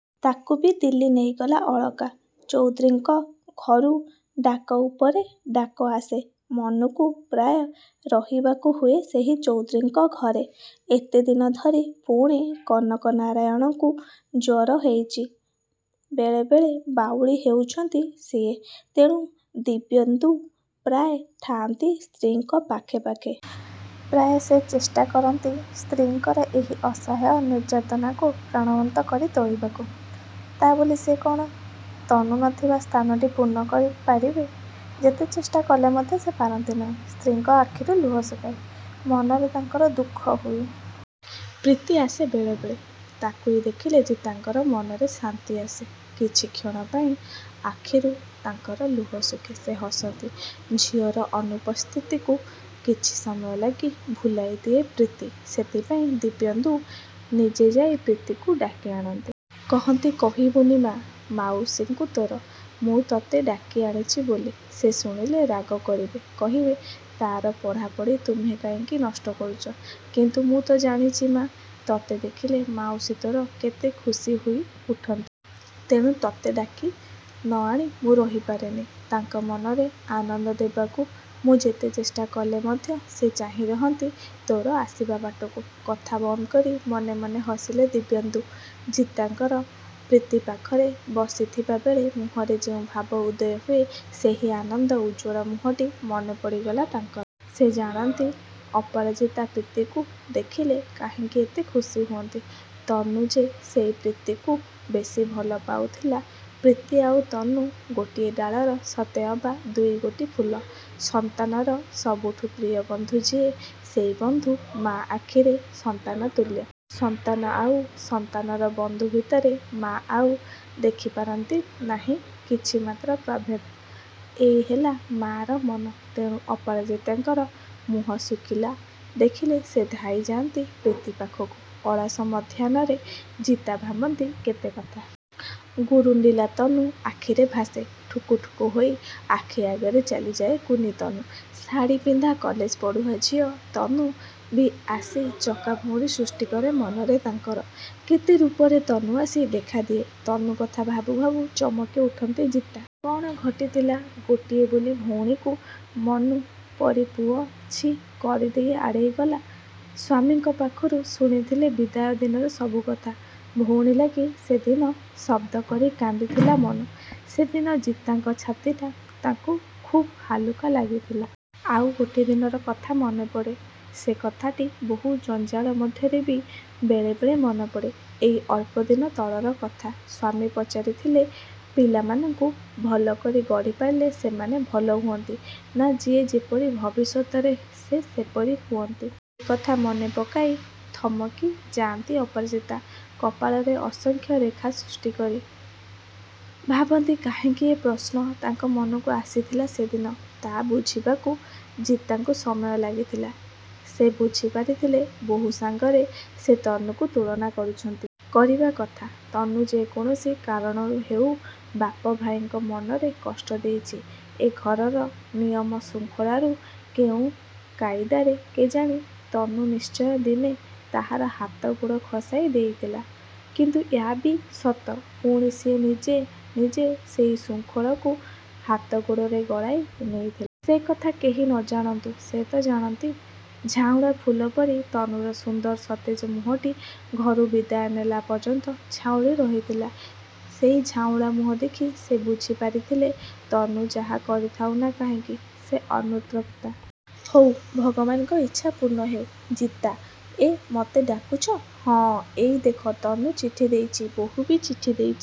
ତାକୁ ବି ଦିଲ୍ଲୀ ନେଇଗଲା ଅଳକା। ଚୌଧୁରୀଙ୍କ ଘରୁ ଡାକ ଉପରେ ଡାକ ଆସେ। ମନୁକୁ ପ୍ରାୟ ରହିବାକୁ ହୁଏ ସେହି ଚୌଧୁରୀଙ୍କ ଘରେ। ଏତେଦିନ ଧରି ପୁଣି କନକନାରାୟଣଙ୍କୁ ଜ୍ୱର ହେଉଛି। ବେଳେ ବେଳେ ବାଉଳି ହେଉଛନ୍ତି ସିଏ। ତେଣୁ, ଦିବ୍ୟେନ୍ଦୁ ପ୍ରାୟ ଥାଆନ୍ତି ସ୍ତ୍ରୀଙ୍କ ପାଖେ ପାଖେ। ପ୍ରାୟ ସେ ଚେଷ୍ଟା କରନ୍ତି ସ୍ତ୍ରୀଙ୍କର ଏହି ଅସହାୟ ନିର୍ଜନତାକୁ ପ୍ରାଣବନ୍ତ କରି ତୋଳିବାକୁ। ତା' ବୋଲି ସେ କ'ଣ ତନୁ ନଥିବା ସ୍ଥାନଟି ପୂର୍ଣ୍ଣ କରି ପାରିବେ। ଯେତେ ଚେଷ୍ଟା କଲେ ମଧ୍ୟ ସେ ପାରନ୍ତି ନାହିଁ ସ୍ତ୍ରୀଙ୍କ ଆଖିରୁ ଲୁହ ଶୁଖାଇ। ମନରେ ତାଙ୍କର ଦୁଃଖ ହୁଏ। ପ୍ରୀତି ଆସେ ବେଳେ ବେଳେ। ତାକୁଇ ଦେଖିଲେ ଜିତାଙ୍କର ମନରେ ଶାନ୍ତି ଆସେ। କିଛି କ୍ଷଣ ପାଇଁ ଆଖିରୁ ତାଙ୍କର ଲୁହ ଶୁଖେ। ସେ ହସନ୍ତି। ଝିଅର ଅନୁପସ୍ଥିତିକୁ କିଛି ସମୟ ଲାଗି ଭୁଲାଇ ଦିଏ ପ୍ରୀତି। ସେଥିପାଇଁ ଦିବ୍ୟେନ୍ଦୁ ନିଜେ ଯାଇ ପ୍ରୀତିକୁ ଡାକି ଆଣନ୍ତି। କହନ୍ତି କହିବୁନି ମାଆ ମାଉସୀଙ୍କୁ ତୋର, ମୁଁ ତତେ ଡାକି ଆଣିଛି ବୋଲି। ସେ ଶୁଣିଲେ ରାଗ କରିବେ। କହିବେ ତା'ର ପଢ଼ା ପଢ଼ି ତୁମେ କାହିଁକି ନଷ୍ଟ କରୁଛ। କିନ୍ତୁ ମୁଁ ତ ଜାଣିଛି ମାଆ, ତତେ ଦେଖିଲେ ମାଉସୀ ତୋର କେତେ ଖୁସି ହୋଇ ଉଠନ୍ତି। ତେଣୁ ତତେ ଡାକି ନ ଆଣି ମୁଁ ରହି ପାରେନି। ତାଙ୍କ ମନରେ ଆନନ୍ଦ ଦେବାକୁ ମୁଁ ଯେତେ ଚେଷ୍ଟା କଲେ ମଧ୍ୟ ସେ ଚାହିଁ ରହନ୍ତି ତୋର ଆସିବା ବାଟକୁ। କଥା ବନ୍ଦ କରି ମନେ ମନେ ହସିଲେ ଦିବ୍ୟେନ୍ଦୁ। ଜିତାଙ୍କର ପ୍ରୀତି ପାଖରେ ବସିଥିବା ବେଳେ ମୁହଁରେ ଯେଉଁ ଭାବ ଉଦୟ ହୁଏ ସେହି ଆନନ୍ଦ ଉଜ୍ଜ୍ୱଳ ମୁହଁଟି ମନେ ପଡ଼ିଗଲା ତାଙ୍କର। ସେ ଜାଣନ୍ତି ଅପରାଜିତା ପ୍ରୀତିକୁ ଦେଖିଲେ କାହିଁକି ଏତେ ଖୁସି ହୁଅନ୍ତି। ତନୁ ଯେ ସେଇ ପ୍ରୀତିକୁ ବେଶୀ ଭଲ ପାଉଥିଲା। ପ୍ରୀତି ଆଉ ତନୁ, ଗୋଟିଏ ଡାଳର ସତେଅବା ଦୁଇଗୋଟି ଫୁଲ। ସନ୍ତାନର ସବୁଠୁ ପ୍ରିୟ ବନ୍ଧୁ ଯିଏ ସେଇ ବନ୍ଧୁ ମାଆ ଆଖିରେ ସନ୍ତାନ ତୁଲ୍ୟ। ସନ୍ତାନ ଆଉ ସନ୍ତାନର ବନ୍ଧୁ ଭିତରେ ମାଆ ଆଉ ଦେଖି ପାରନ୍ତି ନାହିଁ କିଛି ମାତ୍ର ପ୍ରଭେଦ। ଏଇ ହେଲା ମାଆର ମନ। ତେଣୁ ଅପରାଜିତାଙ୍କର ମୁହଁ ଶୁଖିଲା ଦେଖିଲେ ସେ ଧାଇଁ ଯାଆନ୍ତି ପ୍ରୀତି ପାଖକୁ। ଅଳସ ମଧ୍ୟାହ୍ନରେ ଜିତା ଭାବନ୍ତି କେତେ କଥା। ଗୁରୁଣ୍ଡିଲା ତନୁ ଆଖିରେ ଭାସେ। ଠୁକୁ ଠୁକୁ ହୋଇ ଆଖି ଆଗରେ ଚାଲିଯାଏ କୁନି ତନୁ। ଶାଢ଼ି ପିନ୍ଧା କଲେଜ ପଢ଼ୁଆ ଝିଅ ତନୁ ବି ଆସି ଚକାଭଉଁରୀ ସୃଷ୍ଟି କରେ ମନରେ ତାଙ୍କର। କେତେ ରୂପରେ ତନୁ ଆସି ଦେଖାଦିଏ। ତନୁ କଥା ଭାବୁ ଭାବୁ ଚମକି ଉଠନ୍ତି ଜିତା। କ'ଣ ଘଟିଥିଲା! ଗୋଟିଏ ବୋଲି ଭଉଣୀକୁ ମନୁ ପରି ପୁଅ ଛି କରିଦେଇ ଆଡ଼େଇ ଗଲା। ସ୍ୱାମୀଙ୍କ ପାଖରୁ ଶୁଣିଥିଲେ ବିଦାୟ ଦିନର ସବୁ କଥା। ଭଉଣୀ ଲାଗି ସେଦିନ ଶବ୍ଦ କରି କାନ୍ଦିଥିଲା ମନୁ। ସେଦିନ ଜିତାଙ୍କ ଛାତିଟା ତାଙ୍କୁ ଖୁବ୍ ହାଲୁକା ଲାଗିଥିଲା। ଆଉ ଗୋଟିଏ ଦିନର କଥା ମନେ ପଡ଼େ। ସେକଥାଟି ବହୁ ଜଞ୍ଜାଳ ମଧ୍ୟରେ ବି ବେଳେ ବେଳେ ମନେ ପଡ଼େ। ଏଇ ଅଳ୍ପ ଦିନ ତଳର କଥା। ସ୍ୱାମୀ ପଚାରିଥିଲେ ପିଲାମାନଙ୍କୁ ଭଲ କରି ଗଢ଼ି ପାରିଲେ ସେମାନେ ଭଲ ହୁଅନ୍ତି ନା ଯିଏ ଯେପରି ଭବିଷ୍ୟତରେ ସେ ସେପରି ହୁଅନ୍ତି? ଏଇ କଥା ମନେ ପକାଇ ଥମକି ଯାଆନ୍ତି ଅପରାଜିତା। କପାଳରେ ଅସଂଖ୍ୟ ରେଖା ସୃଷ୍ଟି କରି। ଭାବନ୍ତି କାହିଁକି ଏ ପ୍ରଶ୍ନ ତାଙ୍କ ମନକୁ ଆସିଥିଲା ସେଦିନ। ତା' ବୁଝିବାକୁ ଜିତାଙ୍କୁ ସମୟ ଲାଗିଥିଲା। ସେ ବୁଝି ପାରିଥିଲେ ବୋହୂ ସାଙ୍ଗରେ ସେ ତନୁକୁ ତୁଳନା କରୁଛନ୍ତି। କରିବା କଥା। ତନୁ ଯେକୌଣସି କାରଣରୁ ହେଉ ବାପ ଭାଇଙ୍କ ମନରେ କଷ୍ଟ ଦେଇଛି। ଏ ଘରର ନିୟମ ଶୃଙ୍ଖଳାରୁ କେଉଁ କାଇଦାରେ କେଜାଣି ତନୁ ନିଶ୍ଚୟ ଦିନେ ତାହାର ହାତ ଗୋଡ଼ ଖସାଇ ଦେଇଥିଲା। କିନ୍ତୁ ୟା ବି ସତ ପୁଣି ସିଏ ନିଜେ ନିଜେ ସେଇ ଶୃଙ୍ଖଳକୁ ହାତ ଗୋଡ଼ରେ ଗଳାଇ ନେଇଥିଲା। ସେକଥା କେହି ନ ଜାଣନ୍ତୁ ସେ ତ ଜାଣନ୍ତି। ଝାଉଁଳା ଫୁଲ ପରି ତନୁର ସୁନ୍ଦର ସତେଜ ମୁହଁଟି ଘରୁ ବିଦାୟ ନେଲା ପର୍ଯ୍ୟନ୍ତ ଝାଉଁଳି ରହିଥିଲା। ସେଇ ଝାଉଁଳା ମୁହଁ ଦେଖି ସେ ବୁଝି ପାରିଥିଲେ ତନୁ ଯାହା କରିଥାଉ ନା କାହିଁକି, ସେ ଅନୁତପ୍ତା। ହଉ ଭଗବାନଙ୍କ ଇଚ୍ଛା ପୂର୍ଣ୍ଣ ହେଉ। ଜିତା, ଏଁ, ମତେ ଡାକୁଛ? ହଁ, ଏଇ ଦେଖ ତନୁ ଚିଠି ଦେଇଛି, ବୋହୂ ବି ଚିଠି ଦେଇଛି!